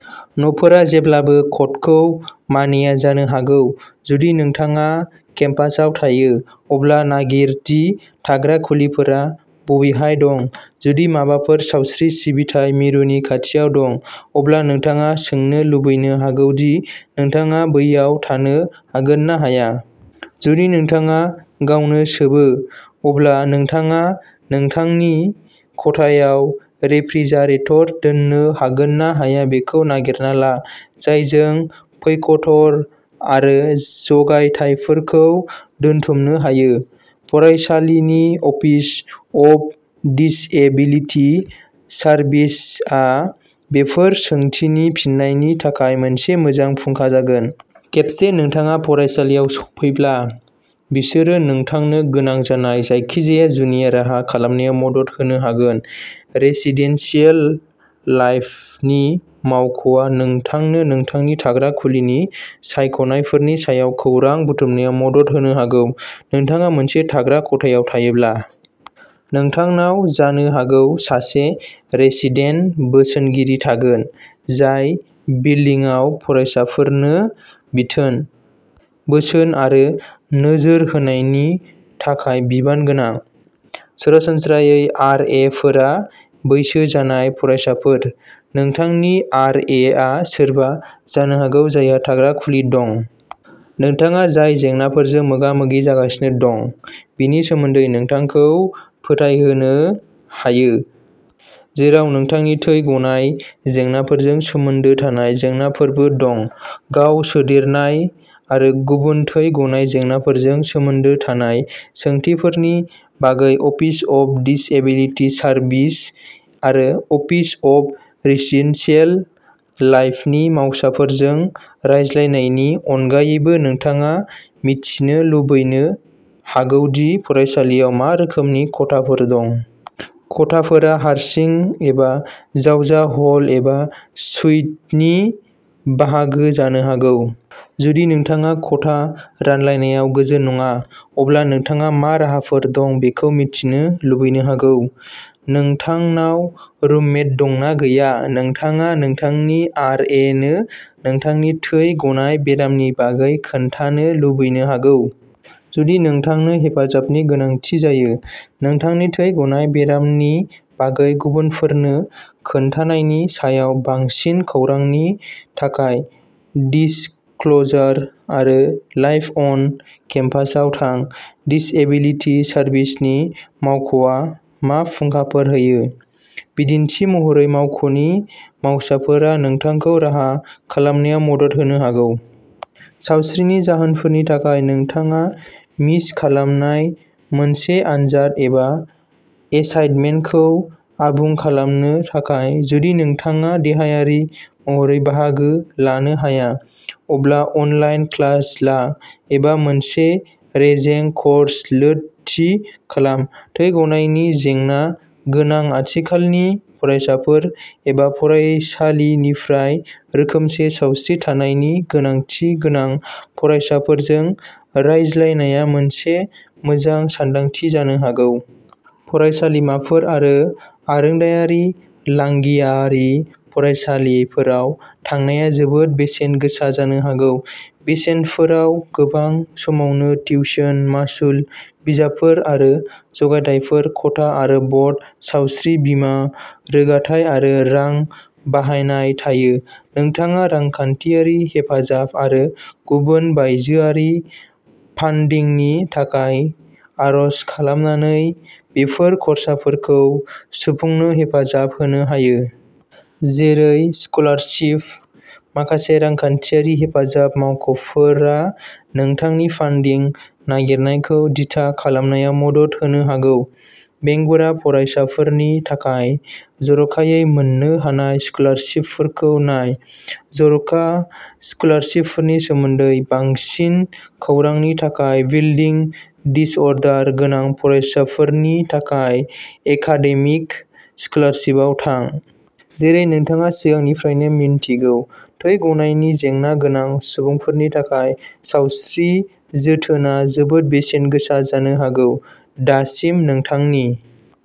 न'फोरा जेब्लाबो क'डखौ मानिया जानो हागौ। जुदि नोंथाङा केम्पासआव थायो। अब्ला नागिर दि थाग्रा खुलिफोरा बबेहाय दं। जुदि माबाफोर सावस्रि सिबिथाइ मिरुनि खाथियाव दं। अब्ला नोंथाङा सोंनो लुबैनो हागौ दि नोंथाङा बैयाव थानो हागोन ना हाया। जुदि नोंथाङा गावनो सोबो। अब्ला नोंथाङा नोंथांनि खथायाव रेफ्रिजारेटर दोननो हागोन ना हाया बेखौ नागिरना ला। जायजों फैक्टर आरो जगायथायफोरखौ दोनथुमनो हायो। फरायसालिनि अफिस अफ दिसएबिलिटि सारभिसआ बेफोर सोंथिनि फिनायनि थाखाय मोनसे मोजां फुंखा जागोन। खेबसे नोंथाङा फरायसालियाव सौफैब्ला। बिसोरो नोंथांनो गोनां जानाय जायखिजाया जुनिया राहा खालामनायाव मदद होनो हागोन। रेसिदेनसियेल लाइफनि मावख'आ नोंथांनो नोंथांनि थाग्रा खुलिनि सायख'नायफोरनि सायाव खौरां बुथुमनायाव मदद होनो हागौ। नोंथाङा मोनसे थाग्रा खथायाव थायोब्ला। नोंथांनाव जानो हागौ सासे रेसिदेन बोसोनगिरि थागोन। जाय बिल्डिंआव फरायसाफोरनो बिथोन, बोसोन आरो नोजोर होनायनि थाखाय बिबान गोनां। सरासनस्रायै आर ए फोरा बैसो जानाय फरायसाफोर। नोंथांनि आर ए आ सोरबा जानो हागौ जायहा थाग्रा खुलि दं। नोंथाङा जाय जेंनाफोरजों मोगा-मोगि जागासिनो दं। बेनि सोमोन्दै नोंथांखौ फोथायहोनो हायो। जेराव नोंथांनि थै गनाय जेंनाफोरजों सोमोन्दो थानाय जेंनाफोरबो दं। गाव सोदेरनाय आरो गुबुन थै गनाय जेंनाफोरजों सोमोन्दो थानाय सोंथिफोरनि बागै अफिस अफ दिसएबिलिटि सारभिस आरो अफिस अफ रेसिडेनसियेल लाइफनि मावसाफोरजों रायज्लायनायनि अनगायैबो नोंथाङा मिथिनो लुबैनो हागौ दि फरायसालियाव मा रोखोमनि खथाफोर दं। खथाफोरा हारसिं एबा जावजा हल एबा सुइटनि बाहागो जानो हागौ। जुदि नोंथाङा खथा रानलायनायाव गोजोन नङा। अब्ला नोंथाङा मा राहाफोर दं बेखौ मिथिनो लुबैनो हागौ। नोंथांनाव रुममेट दं ना गैया। नोंथाङा नोंथांनि आर ए नो नोंथांनि थै गनाय बेरामनि बागै खोन्थानो लुबैनो हागौ। जुदि नोंथांनो हेफाजाबनि गोनांथि जायो। नोंथांनि थै गनाय बेरामनि बागै गुबुनफोरनो खोन्थानायनि सायाव बांसिन खौरांनि थाखाय दिसक्ल'जार आरो लाइफ अन केम्पासाव थां। दिसएबिलिटि सारभिसनि मावख'आ मा फुंखाफोर होयो? बिदिन्थि महरै मावख'नि मावसाफोरा नोंथांखौ राहा खालामनायाव मदद होनो हागौ। सावस्रिनि जाहोनफोरनि थाखाय नोंथाङा मिस खालामनाय मोनसे आनजाद एबा एसाइनमेन्टखौ आबुं खालामनो थाखाय जुदि नोंथाङा देहायारि महरै बाहागो लानो हाया। अब्ला अनलाइन क्लास ला एबा मोनसे रेजें कर्स लोड थि खालाम। थै गनायनि जेंना गोनां आथिखालनि फरायसाफोर एबा फरायसालिनिफ्राय रोखोमसे सावस्रि थानायनि गोनांथि गोनां फरायसाफोरजों रायज्लायनाया मोनसे मोजां सानदांथि जानो हागौ। फरायसालिमाफोर आरो आरोंदायारि लांगियारि फरायसालिफोराव थांनाया जोबोद बेसेन गोसा जानो हागौ। बेसेनफोराव गोबां समावनो टिउशन, मासुल, बिजाबफोर आरो जगायथायफोर, खथा आरो बर्ड, सावस्रि बीमा, रोगाथाय आरो रां बाहायनाय थायो। नोंथाङा रांखान्थियारि हेफाजाब आरो गुबुन बायजोआरि फानडिंनि थाखाय आर'ज खालामनानै बेफोर खरसाफोरखौ सुफुंनो हेफाजाब होनो हायो। जेरै स्कलारशिप। माखासे रांखान्थियारि हेफाजाब मावख'फोरा नोंथांनि फानडिं नागिरनायखौ दिथा खालामनायाव मदद होनो हागौ। बेंगुरा फरायसाफोरनि थाखाय जर'खायै मोन्नो हानाय स्कलारशिपफोरखौ नाय। जर'खा स्कलारशिपफोरनि सोमोन्दै बांसिन खौरांनि थाखाय ब्लिडिं डिसअर्डार गोनां फरायसाफोरनि थाखाय एकाडेमिक स्कलारशिपआव थां। जेरै नोंथाङा सिगांनिफ्रायनो मिन्थिगौ। थै गनायनि जेंना गोनां सुबुंफोरनि थाखाय सावस्रि जोथोनआ जोबोद बेसेन गोसा जानो हागौ। दासिम नोंथांनि